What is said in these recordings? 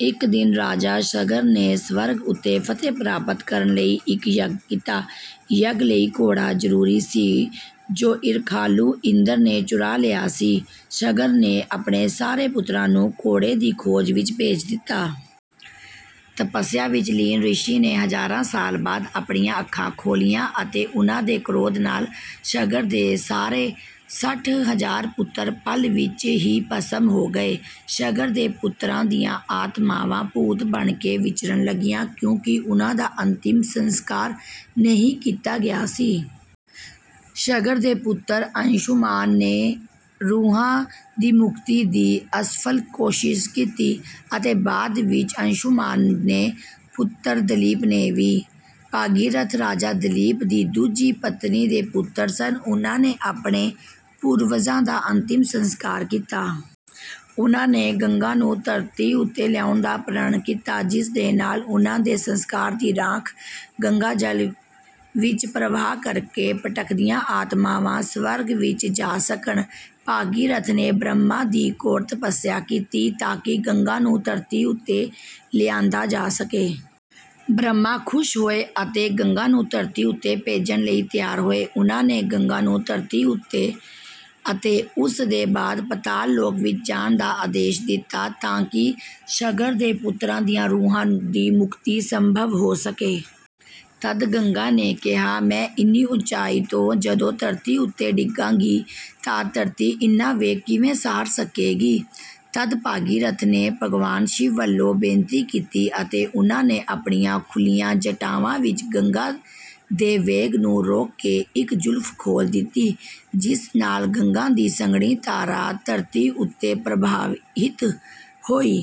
ਇੱਕ ਦਿਨ ਰਾਜਾ ਸਗਰ ਨੇ ਸਵਰਗ ਉੱਤੇ ਫਤਹਿ ਪ੍ਰਾਪਤ ਕਰਨ ਲਈ ਇੱਕ ਯੱਗ ਕੀਤਾ। ਯੱਗ ਲਈ ਘੋੜਾ ਜ਼ਰੂਰੀ ਸੀ, ਜੋ ਈਰਖਾਲੂ ਇੰਦਰ ਨੇ ਚੁਰਾ ਲਿਆ ਸੀ। ਸਗਰ ਨੇ ਆਪਣੇ ਸਾਰੇ ਪੁੱਤਰਾਂ ਨੂੰ ਘੋੜੇ ਦੀ ਖੋਜ ਵਿੱਚ ਭੇਜ ਦਿੱਤਾ। ਤਪੱਸਿਆ ਵਿੱਚ ਲੀਨ ਰਿਸ਼ੀ ਨੇ ਹਜ਼ਾਰਾਂ ਸਾਲ ਬਾਅਦ ਆਪਣੀਆਂ ਅੱਖਾਂ ਖੋਲ੍ਹੀਆਂ ਅਤੇ ਉਨ੍ਹਾਂ ਦੇ ਕ੍ਰੋਧ ਨਾਲ ਸਗਰ ਦੇ ਸਾਰੇ ਸੱਠ ਹਜ਼ਾਰ ਪੁੱਤਰ ਪਲ ਵਿੱਚ ਹੀ ਭਸਮ ਹੋ ਗਏ। ਸਗਰ ਦੇ ਪੁੱਤਰਾਂ ਦੀਆਂ ਆਤਮਾਵਾਂ ਭੂਤ ਬਣ ਕੇ ਵਿਚਰਨ ਲੱਗੀਆਂ, ਕਿਉਂਕਿ ਉਨ੍ਹਾਂ ਦਾ ਅੰਤਿਮ ਸੰਸਕਾਰ ਨਹੀਂ ਕੀਤਾ ਗਿਆ ਸੀ। ਸਗਰ ਦੇ ਪੁੱਤਰ ਅੰਸ਼ੁਮਾਨ ਨੇ ਰੂਹਾਂ ਦੀ ਮੁਕਤੀ ਦੀ ਅਸਫਲ ਕੋਸ਼ਿਸ਼ ਕੀਤੀ ਅਤੇ ਬਾਅਦ ਵਿੱਚ ਅੰਸ਼ੁਮਾਨ ਦੇ ਪੁੱਤਰ ਦਲੀਪ ਨੇ ਵੀ। ਭਗੀਰਥ ਰਾਜਾ ਦਲੀਪ ਦੀ ਦੂਜੀ ਪਤਨੀ ਦੇ ਪੁੱਤਰ ਸਨ। ਉਨ੍ਹਾਂ ਨੇ ਆਪਣੇ ਪੂਰਵਜਾਂ ਦਾ ਅੰਤਿਮ ਸੰਸਕਾਰ ਕੀਤਾ। ਉਨ੍ਹਾਂ ਨੇ ਗੰਗਾ ਨੂੰ ਧਰਤੀ ਉੱਤੇ ਲਿਆਉਣ ਦਾ ਪ੍ਰਣ ਕੀਤਾ, ਜਿਸ ਦੇ ਨਾਲ ਉਨ੍ਹਾਂ ਦੇ ਸੰਸਕਾਰ ਦੀ ਰਾਖ ਗੰਗਾਜਲ ਵਿੱਚ ਪ੍ਰਵਾਹ ਕਰਕੇ ਭਟਕਦੀਆਂ ਆਤਮਾਵਾਂ ਸਵਰਗ ਵਿੱਚ ਜਾ ਸਕਣ। ਭਗੀਰਥ ਨੇ ਬ੍ਰਹਮਾ ਦੀ ਘੋਰ ਤਪੱਸਿਆ ਕੀਤੀ, ਤਾਂਕਿ ਗੰਗਾ ਨੂੰ ਧਰਤੀ ਉੱਤੇ ਲਿਆਂਦਾ ਜਾ ਸਕੇ। ਬ੍ਰਹਮਾ ਖੁਸ਼ ਹੋਏ ਅਤੇ ਗੰਗਾ ਨੂੰ ਧਰਤੀ ਉੱਤੇ ਭੇਜਣ ਲਈ ਤਿਆਰ ਹੋਏ। ਉਨ੍ਹਾਂ ਨੇ ਗੰਗਾ ਨੂੰ ਧਰਤੀ ਉੱਤੇ ਅਤੇ ਉਸ ਦੇ ਬਾਅਦ ਪਾਤਾਲ ਲੋਕ ਵਿੱਚ ਜਾਣ ਦਾ ਆਦੇਸ਼ ਦਿੱਤਾ, ਤਾਂਕਿ ਸਗਰ ਦੇ ਪੁੱਤਰਾਂ ਦੀਆਂ ਰੂਹਾਂ ਦੀ ਮੁਕਤੀ ਸੰਭਵ ਹੋ ਸਕੇ। ਤਦ ਗੰਗਾ ਨੇ ਕਿਹਾ, “ਮੈਂ ਇੰਨੀ ਉੱਚਾਈ ਤੋਂ ਜਦੋਂ ਧਰਤੀ ਉੱਤੇ ਡਿੱਗਾਂਗੀ, ਤਾਂ ਧਰਤੀ ਇੰਨਾ ਵੇਗ ਕਿਵੇਂ ਸਹਾਰ ਸਕੇਗੀ?” ਤਦ ਭਗੀਰਥ ਨੇ ਭਗਵਾਨ ਸ਼ਿਵ ਵੱਲੋਂ ਬੇਨਤੀ ਕੀਤੀ ਅਤੇ ਉਨ੍ਹਾਂ ਨੇ ਆਪਣੀਆਂ ਖੁੱਲ੍ਹੀਆਂ ਜਟਾਵਾਂ ਵਿੱਚ ਗੰਗਾ ਦੇ ਵੇਗ ਨੂੰ ਰੋਕ ਕੇ ਇੱਕ ਜੁਲਫ਼ ਖੋਲ੍ਹ ਦਿੱਤੀ, ਜਿਸ ਨਾਲ ਗੰਗਾ ਦੀ ਸੰਘਣੀ ਧਾਰਾ ਧਰਤੀ ਉੱਤੇ ਪ੍ਰਵਾਹਿਤ ਹੋਈ।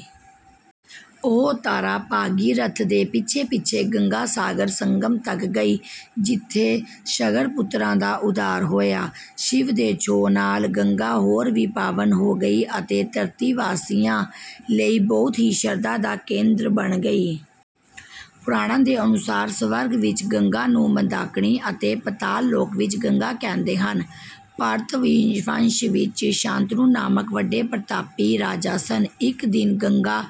ਉਹ ਧਾਰਾ ਭਗੀਰਥ ਦੇ ਪਿੱਛੇ-ਪਿੱਛੇ ਗੰਗਾ ਸਾਗਰ ਸੰਗਮ ਤੱਕ ਗਈ, ਜਿੱਥੇ ਸਗਰ-ਪੁੱਤਰਾਂ ਦਾ ਉੱਧਾਰ ਹੋਇਆ। ਸ਼ਿਵ ਦੇ ਛੋਹ ਨਾਲ ਗੰਗਾ ਹੋਰ ਵੀ ਪਾਵਨ ਹੋ ਗਈ ਅਤੇ ਧਰਤੀ ਵਾਸੀਆਂ ਲਈ ਬਹੁਤ ਹੀ ਸ਼ਰਧਾ ਦਾ ਕੇਂਦਰ ਬਣ ਗਈ। ਪੁਰਾਣਾਂ ਦੇ ਅਨੁਸਾਰ, ਸਵਰਗ ਵਿੱਚ ਗੰਗਾ ਨੂੰ ਮੰਦਾਕਿਨੀ ਅਤੇ ਪਾਤਾਲ ਲੋਕ ਵਿੱਚ ਗੰਗਾ ਕਹਿੰਦੇ ਹਨ। ਭਰਤਵੰਸ਼ ਵਿੱਚ ਸ਼ਾਂਤਨੁ ਨਾਮਕ ਵੱਡੇ ਪ੍ਰਤਾਪੀ ਰਾਜਾ ਸਨ। ਇੱਕ ਦਿਨ ਗੰਗਾ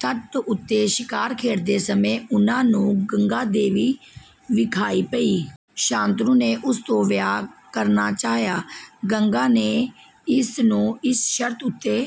ਤਟ ਉੱਤੇ ਸ਼ਿਕਾਰ ਖੇਡਦੇ ਸਮੇਂ ਉਨ੍ਹਾਂ ਨੂੰ ਗੰਗਾ ਦੇਵੀ ਵਿਖਾਈ ਪਈ। ਸ਼ਾਂਤਨੁ ਨੇ ਉਸ ਤੋਂ ਵਿਆਹ ਕਰਨਾ ਚਾਹਿਆ। ਗੰਗਾ ਨੇ ਇਸ ਨੂੰ ਇਸ ਸ਼ਰਤ ਉੱਤੇ...